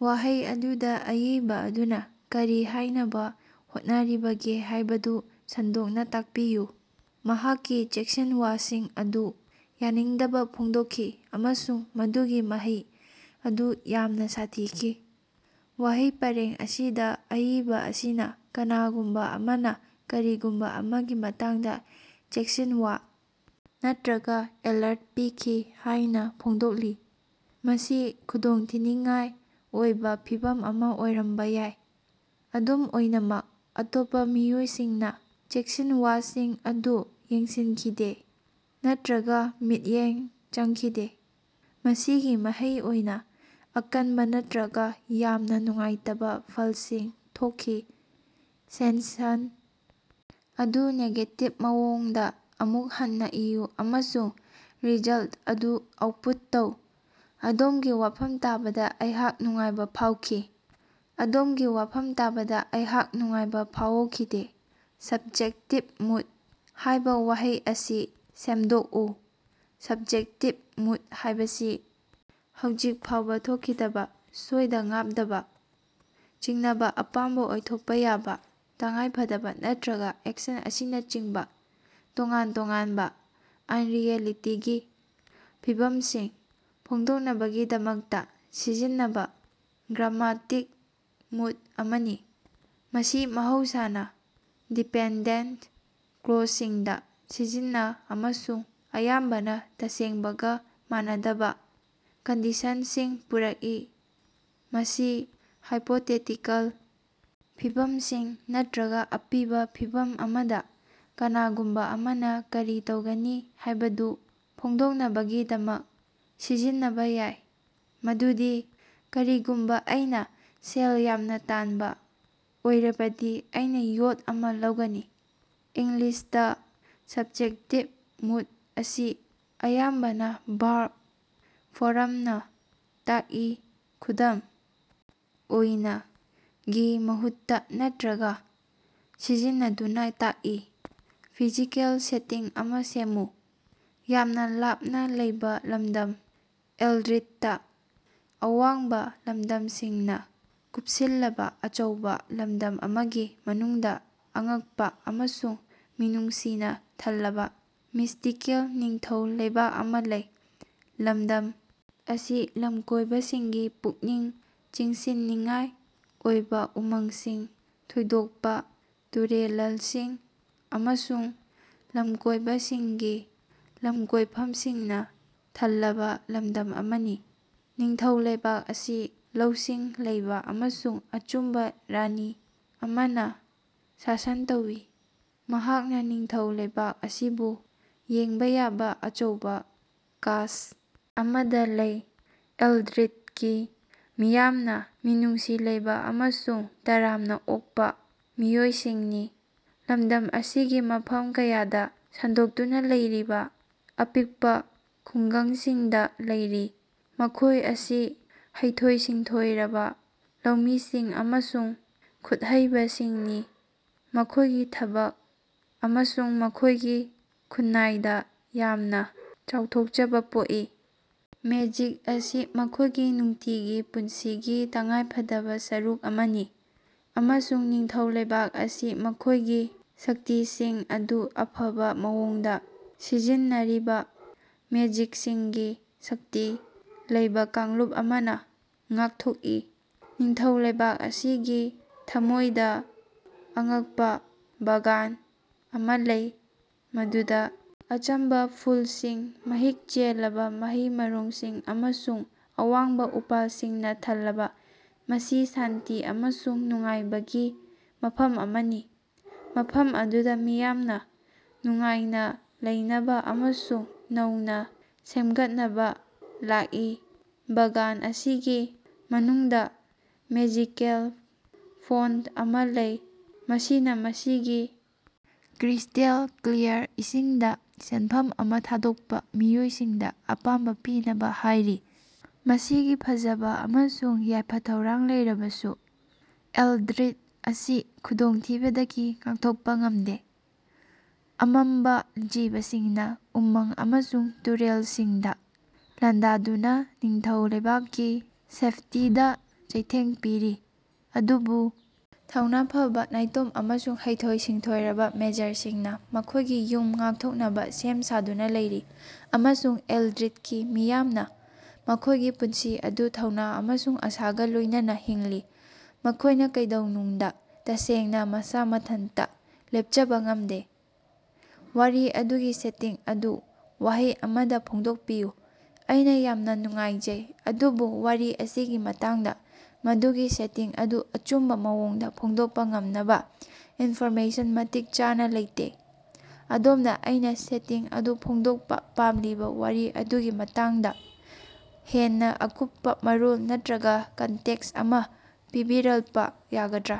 ꯋꯥꯍꯩ ꯑꯗꯨꯗ ꯑꯏꯕ ꯑꯗꯨꯅ ꯀꯔꯤ ꯍꯥꯏꯅꯕ ꯍꯣꯠꯅꯔꯤꯕꯒꯦ ꯍꯥꯏꯕꯗꯨ ꯁꯟꯗꯣꯛꯅ ꯇꯥꯛꯄꯤꯌꯨ ꯫ ꯃꯍꯥꯛꯀꯤ ꯆꯦꯛꯁꯤꯟꯋꯥꯁꯤꯡ ꯑꯗꯨ ꯌꯥꯅꯤꯡꯗꯕ ꯐꯣꯡꯗꯣꯛꯈꯤ ꯑꯃꯁꯨꯡ ꯃꯗꯨꯒꯤ ꯃꯍꯩ ꯑꯗꯨ ꯌꯥꯝꯅ ꯁꯥꯊꯤꯈꯤ꯫ ꯋꯥꯍꯩ ꯄꯔꯦꯡ ꯑꯁꯤꯗ ꯑꯏꯕ ꯑꯁꯤꯅ ꯀꯅꯥꯒꯨꯝꯕ ꯑꯃꯅ ꯀꯔꯤꯒꯨꯝꯕ ꯑꯃꯒꯤ ꯃꯇꯥꯡꯗ ꯆꯦꯛꯁꯤꯟꯋꯥ ꯅꯠꯇ꯭ꯔꯒ ꯑꯦꯂꯔꯠ ꯄꯤꯈꯤ ꯍꯥꯏꯅ ꯐꯣꯡꯗꯣꯛꯂꯤ, ꯃꯁꯤ ꯈꯨꯗꯣꯡꯊꯤꯅꯤꯡꯉꯥꯏ ꯑꯣꯏꯕ ꯐꯤꯚꯝ ꯑꯃ ꯑꯣꯏꯔꯝꯕ ꯌꯥꯏ꯫ ꯑꯗꯨꯝ ꯑꯣꯏꯅꯃꯛ, ꯑꯇꯣꯞꯄ ꯃꯤꯑꯣꯏꯁꯤꯡꯅ ꯆꯦꯛꯁꯤꯟꯋꯥꯁꯤꯡ ꯑꯗꯨ ꯌꯦꯡꯁꯤꯟꯈꯤꯗꯦ ꯅꯠꯇ꯭ꯔꯒ ꯃꯤꯠꯌꯦꯡ ꯆꯪꯈꯤꯗꯦ꯫ ꯃꯁꯤꯒꯤ ꯃꯍꯩ ꯑꯣꯏꯅ ꯑꯀꯟꯕ ꯅꯠꯇ꯭ꯔꯒ ꯌꯥꯝꯅ ꯅꯨꯡꯉꯥꯏꯇꯕ ꯐꯜꯁꯤꯡ ꯊꯣꯛꯈꯤ ꯫ ꯁꯦꯟꯁꯟ ꯑꯗꯨ ꯅꯦꯒꯦꯇꯤꯚ ꯃꯑꯣꯡꯗ ꯑꯃꯨꯛ ꯍꯟꯅ ꯏꯌꯨ ꯑꯃꯁꯨꯡ ꯔꯤꯖꯜꯇ ꯑꯗꯨ ꯑꯥꯎꯠꯄꯨꯠ ꯇꯧ꯫ ꯑꯗꯣꯝꯒꯤ ꯋꯥꯐꯝ ꯇꯥꯕꯗ ꯑꯩꯍꯥꯛ ꯅꯨꯡꯉꯥꯏꯕ ꯐꯥꯎꯈꯤ ꯫ ꯑꯗꯣꯝꯒꯤ ꯋꯥꯐꯝ ꯇꯥꯕꯗ ꯑꯩꯍꯥꯛ ꯅꯨꯡꯉꯥꯏꯕ ꯐꯥꯑꯣꯈꯤꯗꯦ꯫ "ꯁꯕꯖꯦꯛꯇꯤꯚ ꯃꯨꯗ" ꯍꯥꯏꯕ ꯋꯥꯍꯩ ꯑꯁꯤ ꯁꯦꯝꯗꯣꯛꯎ꯫ ꯁꯕꯖꯦꯛꯇꯤꯚ ꯃꯨꯗ ꯍꯥꯢꯕꯁꯤ ꯍꯧꯖꯤꯛ ꯐꯥꯎꯕ ꯊꯣꯛꯈꯤꯗꯕ, ꯁꯣꯏꯗ-ꯉꯥꯞꯗꯕ, ꯆꯤꯡꯅꯕ, ꯑꯄꯥꯝꯕ, ꯑꯣꯏꯊꯣꯛꯄ ꯌꯥꯕ, ꯇꯉꯥꯏꯐꯗꯕ ꯅꯠꯇ꯭ꯔꯒ ꯑꯦꯛꯁꯟ ꯑꯁꯤꯅꯆꯤꯡꯕ ꯇꯣꯉꯥꯟ-ꯇꯣꯉꯥꯟꯕ ꯑꯟꯔꯤꯑꯦꯂꯤꯇꯤꯒꯤ ꯐꯤꯚꯝꯁꯤꯡ ꯐꯣꯡꯗꯣꯛꯅꯕꯒꯤꯗꯃꯛꯇ ꯁꯤꯖꯤꯟꯅꯕ ꯒ꯭ꯔꯥꯝꯃꯥꯇꯤꯛ ꯃꯨꯗ ꯑꯃꯅꯤ꯫ ꯃꯁꯤ ꯃꯍꯧꯁꯥꯅ ꯗꯤꯄꯦꯟꯗꯦꯟꯇ ꯀ꯭ꯂꯣꯖꯁꯤꯡꯗ ꯁꯤꯖꯤꯟꯅ ꯑꯃꯁꯨꯡ ꯑꯌꯥꯝꯕꯅ ꯇꯁꯦꯡꯕꯒ, ꯃꯥꯟꯅꯗꯕ ꯀꯟꯗꯤꯁꯟꯁꯤꯡ ꯄꯨꯔꯛꯏ꯫ ꯃꯁꯤ ꯍꯥꯏꯄꯣꯇꯦꯇꯤꯀꯜ ꯐꯤꯚꯝꯁꯤꯡ ꯅꯠꯇ꯭ꯔꯒ ꯑꯄꯤꯕ ꯐꯤꯚꯝ ꯑꯃꯗ ꯀꯅꯥꯒꯨꯝꯕ ꯑꯃꯅ ꯀꯔꯤ ꯇꯧꯒꯅꯤ ꯍꯥꯏꯕꯗꯨ ꯐꯣꯡꯗꯣꯛꯅꯕꯒꯤꯗꯃꯛ ꯁꯤꯖꯤꯟꯅꯕ ꯌꯥꯏ, ꯃꯗꯨꯗꯤ "ꯀꯔꯤꯒꯨꯝꯕ ꯑꯩꯅ ꯁꯦꯜ ꯌꯥꯝꯅ ꯇꯥꯟꯕ ꯑꯣꯏꯔꯕꯗꯤ ꯑꯩꯅ ꯌꯣꯠ ꯑꯃ ꯂꯧꯒꯅꯤ꯫" ꯏꯪꯂꯤꯁꯇ, ꯁꯕꯖꯦꯛꯇꯤꯚ ꯃꯨꯗ ꯑꯁꯤ ꯑꯌꯥꯝꯕꯅ ꯚꯔꯕ ꯐꯣꯔꯝꯅ ꯇꯥꯛꯏ, ꯈꯨꯗꯝ ꯑꯣꯏꯅ, ꯒꯤ ꯃꯍꯨꯠꯇ ꯅꯠꯇ꯭ꯔꯒ ꯁꯤꯖꯤꯟꯅꯗꯨꯅ ꯇꯥꯛꯏ ꯫ ꯐꯤꯖꯤꯀꯦꯜ ꯁꯦꯇꯤꯡ ꯑꯃ ꯁꯦꯝꯃꯨ꯫ ꯌꯥꯝꯅ ꯂꯥꯞꯅ ꯂꯩꯕ ꯂꯝꯗꯝ ꯑꯦꯜꯗ꯭ꯔꯤꯗꯇ ꯑꯋꯥꯡꯕ ꯂꯝꯗꯝꯁꯤꯡꯅ ꯀꯨꯞꯁꯤꯜꯂꯕ ꯑꯆꯧꯕ ꯂꯝꯗꯝ ꯑꯃꯒꯤ ꯃꯅꯨꯡꯗ ꯑꯉꯛꯄ ꯑꯃꯁꯨꯡ ꯃꯤꯅꯨꯡꯁꯤꯅ ꯊꯜꯂꯕ ꯃꯤꯁꯇꯤꯀꯦꯜ ꯅꯤꯡꯊꯧ ꯂꯩꯕꯥꯛ ꯑꯃ ꯂꯩ꯫ ꯂꯝꯗꯝ ꯑꯁꯤ ꯂꯝꯀꯣꯏꯕꯁꯤꯡꯒꯤ ꯄꯨꯛꯅꯤꯡ ꯆꯤꯡꯁꯤꯟꯅꯤꯡꯉꯥꯏ ꯑꯣꯏꯕ ꯎꯃꯪꯁꯤꯡ, ꯊꯣꯏꯗꯣꯛꯄ ꯇꯨꯔꯦꯂꯜꯁꯤꯡ ꯑꯃꯁꯨꯡ ꯂꯝꯀꯣꯏꯕꯁꯤꯡꯒꯤ ꯂꯝꯀꯣꯏꯐꯝꯁꯤꯡꯅ ꯊꯜꯂꯕ ꯂꯝꯗꯝ ꯑꯃꯅꯤ꯫ ꯅꯤꯡꯊꯧ ꯂꯩꯕꯥꯛ ꯑꯁꯤ ꯂꯧꯁꯤꯡ ꯂꯩꯕ ꯑꯃꯁꯨꯡ ꯑꯆꯨꯝꯕ ꯔꯥꯅꯤ ꯑꯃꯅ ꯁꯥꯁꯟ ꯇꯧꯏ, ꯃꯍꯥꯛꯅ ꯅꯤꯡꯊꯧ ꯂꯩꯕꯥꯛ ꯑꯁꯤꯕꯨ ꯌꯦꯡꯕ ꯌꯥꯕ ꯑꯆꯧꯕ ꯀꯥꯁ꯭ꯠ ꯑꯃꯗ ꯂꯩ꯫ ꯑꯦꯜꯗ꯭ꯔꯤꯗꯀꯤ ꯃꯤꯌꯥꯝꯅ ꯃꯤꯅꯨꯡꯁꯤ ꯂꯩꯕ ꯑꯃꯁꯨꯡ ꯇꯔꯥꯝꯅ ꯑꯣꯛꯄ ꯃꯤꯑꯣꯏꯁꯤꯡꯅꯤ, ꯂꯝꯗꯝ ꯑꯁꯤꯒꯤ ꯃꯐꯝ ꯀꯌꯥꯗ ꯁꯟꯗꯣꯛꯇꯨꯅ ꯂꯩꯔꯤꯕ ꯑꯄꯤꯛꯄ ꯈꯨꯡꯒꯪꯁꯤꯡꯗ ꯂꯩꯔꯤ꯫ ꯃꯈꯣꯏ ꯑꯁꯤ ꯍꯩꯊꯣꯏ-ꯁꯤꯡꯊꯣꯏꯔꯕ ꯂꯧꯃꯤꯁꯤꯡ ꯑꯃꯁꯨꯡ ꯈꯨꯠꯍꯩꯕꯁꯤꯡꯅꯤ, ꯃꯈꯣꯢꯒꯤ ꯊꯕꯛ ꯑꯃꯁꯨꯡ ꯃꯈꯣꯏꯒꯤ ꯈꯨꯟꯅꯥꯏꯗ ꯌꯥꯝꯅ ꯆꯥꯎꯊꯣꯛꯆꯕ ꯄꯣꯛꯏ꯫ ꯃꯦꯖꯤꯛ ꯑꯁꯤ ꯃꯈꯣꯏꯒꯤ ꯅꯨꯡꯇꯤꯒꯤ ꯄꯨꯟꯁꯤꯒꯤ ꯇꯉꯥꯏꯐꯗꯕ ꯁꯔꯨꯛ ꯑꯃꯅꯤ, ꯑꯃꯁꯨꯡ ꯅꯤꯡꯊꯧ ꯂꯩꯕꯥꯛ ꯑꯁꯤ ꯃꯈꯣꯏꯒꯤ ꯁꯛꯇꯤꯁꯤꯡ ꯑꯗꯨ ꯑꯐꯕ ꯃꯑꯣꯡꯗ ꯁꯤꯖꯤꯟꯅꯔꯤꯕ ꯃꯦꯖꯤꯛꯁꯤꯡꯒꯤ ꯁꯛꯇꯤ ꯂꯩꯕ ꯀꯥꯡꯂꯨꯞ ꯑꯃꯅ ꯉꯥꯛꯊꯣꯛꯏ꯫ ꯅꯤꯡꯊꯧ ꯂꯩꯕꯥꯛ ꯑꯁꯤꯒꯤ ꯊꯃꯣꯏꯗ ꯑꯉꯛꯄ ꯕꯥꯒꯥꯟ ꯑꯃ ꯂꯩ, ꯃꯗꯨꯗ ꯑꯆꯝꯕ ꯐꯨꯜꯁꯤꯡ, ꯃꯍꯤꯛ ꯆꯦꯜꯂꯕ ꯃꯍꯩ-ꯃꯔꯣꯡꯁꯤꯡ ꯑꯃꯁꯨꯡ ꯑꯋꯥꯡꯕ ꯎꯄꯥꯜꯁꯤꯡꯅ ꯊꯜꯂꯕ, ꯃꯁꯤ ꯁꯥꯟꯇꯤ ꯑꯃꯁꯨꯡ ꯅꯨꯡꯉꯥꯏꯕꯒꯤ ꯃꯐꯝ ꯑꯃꯅꯤ꯫ ꯃꯐꯝ ꯑꯗꯨꯗ ꯃꯤꯌꯥꯝꯅ ꯅꯨꯡꯉꯥꯏꯅ ꯂꯩꯅꯕ ꯑꯃꯁꯨꯡ ꯅꯧꯅ ꯁꯦꯝꯒꯠꯅꯕ ꯂꯥꯛꯏ꯫ ꯕꯥꯒꯥꯟ ꯑꯁꯤꯒꯤ ꯃꯅꯨꯡꯗ ꯃꯦꯖꯤꯀꯦꯜ ꯐꯣꯟꯇ ꯑꯃ ꯂꯩ, ꯃꯁꯤꯅ ꯃꯁꯤꯒꯤ ꯀ꯭ꯔꯤꯁ꯭ꯇꯦꯜ ꯀ꯭ꯂꯤꯌꯥꯔ ꯏꯁꯤꯡꯗ ꯁꯦꯟꯐꯝ ꯑꯃ ꯊꯥꯗꯣꯛꯄ ꯃꯤꯑꯣꯏꯁꯤꯡꯗ ꯑꯄꯥꯝꯕ ꯄꯤꯅꯕ ꯍꯥꯏꯔꯤ꯫ ꯃꯁꯤꯒꯤ ꯐꯖꯕ ꯑꯃꯁꯨꯡ ꯌꯥꯏꯐ-ꯊꯧꯔꯥꯡ ꯂꯩꯔꯕꯁꯨ ꯑꯦꯜꯗ꯭ꯔꯤꯗ ꯑꯁꯤ ꯈꯨꯗꯣꯡꯊꯤꯕꯗꯒꯤ ꯉꯥꯛꯊꯣꯛꯄ ꯉꯝꯗꯦ ꯫ ꯑꯃꯝꯕ ꯖꯤꯕꯁꯤꯡꯅ ꯎꯃꯪ ꯑꯃꯁꯨꯡ ꯇꯨꯔꯦꯜꯁꯤꯡꯗ ꯂꯥꯟꯗꯥꯗꯨꯅ ꯅꯤꯡꯊꯧ ꯂꯩꯕꯥꯛꯀꯤ ꯁꯦꯐꯇꯤꯗ ꯆꯩꯊꯦꯡ ꯄꯤꯔꯤ꯫ ꯑꯗꯨꯕꯨ ꯊꯧꯅ ꯐꯕ ꯅꯥꯏꯇꯣꯝ ꯑꯃꯁꯨꯡ ꯍꯩꯊꯣꯏ-ꯁꯤꯡꯊꯣꯏꯔꯕ ꯃꯦꯖꯔꯁꯤꯡꯅ ꯃꯈꯣꯏꯒꯤ ꯌꯨꯝ ꯉꯥꯛꯊꯣꯛꯅꯕ ꯁꯦꯝ ꯁꯥꯗꯨꯅ ꯂꯩꯔꯤ, ꯑꯃꯁꯨꯡ ꯑꯦꯜꯗ꯭ꯔꯤꯗꯀꯤ ꯃꯤꯌꯥꯝꯅ ꯃꯈꯣꯏꯒꯤ ꯄꯨꯟꯁꯤ ꯑꯗꯨ ꯊꯧꯅ ꯑꯃꯁꯨꯡ ꯑꯥꯁꯥꯒ ꯂꯣꯏꯅꯅ ꯍꯤꯡꯂꯤ, ꯃꯈꯣꯢꯅ ꯀꯩꯗꯧꯅꯨꯡꯗ ꯇꯁꯦꯡꯅ ꯃꯁ ꯃꯊꯟꯇ ꯂꯦꯞꯆꯕ ꯉꯝꯗꯦ ꯫ ꯋꯥꯔꯤ ꯑꯗꯨꯒꯤ ꯁꯦꯇꯤꯡ ꯑꯗꯨ ꯋꯥꯍꯩ ꯑꯃꯗ ꯐꯣꯡꯗꯣꯛꯄꯤꯌꯨ꯫ ꯑꯩꯅ ꯌꯥꯝꯅ ꯅꯨꯡꯉꯥꯏꯖꯩ, ꯑꯗꯨꯕꯨ ꯋꯥꯔꯤ ꯑꯁꯤꯒꯤ ꯃꯇꯥꯡꯗ ꯃꯗꯨꯒꯤ ꯁꯦꯇꯤꯡ ꯑꯗꯨ ꯑꯆꯨꯝꯕ ꯃꯑꯣꯡꯗ ꯐꯣꯡꯗꯣꯛꯄ ꯉꯝꯅꯕ ꯏꯟꯐꯣꯔꯃꯦꯁꯟ ꯃꯇꯤꯛ ꯆꯥꯅ ꯂꯩꯇꯦ꯫ ꯑꯗꯣꯝꯅ ꯑꯩꯅ ꯁꯦꯇꯤꯡ ꯑꯗꯨ ꯐꯣꯡꯗꯣꯛꯄ ꯄꯥꯝꯂꯤꯕ ꯋꯥꯔꯤ ꯑꯗꯨꯒꯤ ꯃꯇꯥꯡꯗ ꯍꯦꯟꯅ ꯑꯀꯨꯞꯄ ꯃꯔꯣꯜ ꯅꯠꯇ꯭ꯔꯒ ꯀꯟꯇꯦꯛꯁ ꯑꯃ ꯄꯤꯕꯤꯔꯜꯄ ꯌꯥꯒꯗ꯭ꯔ?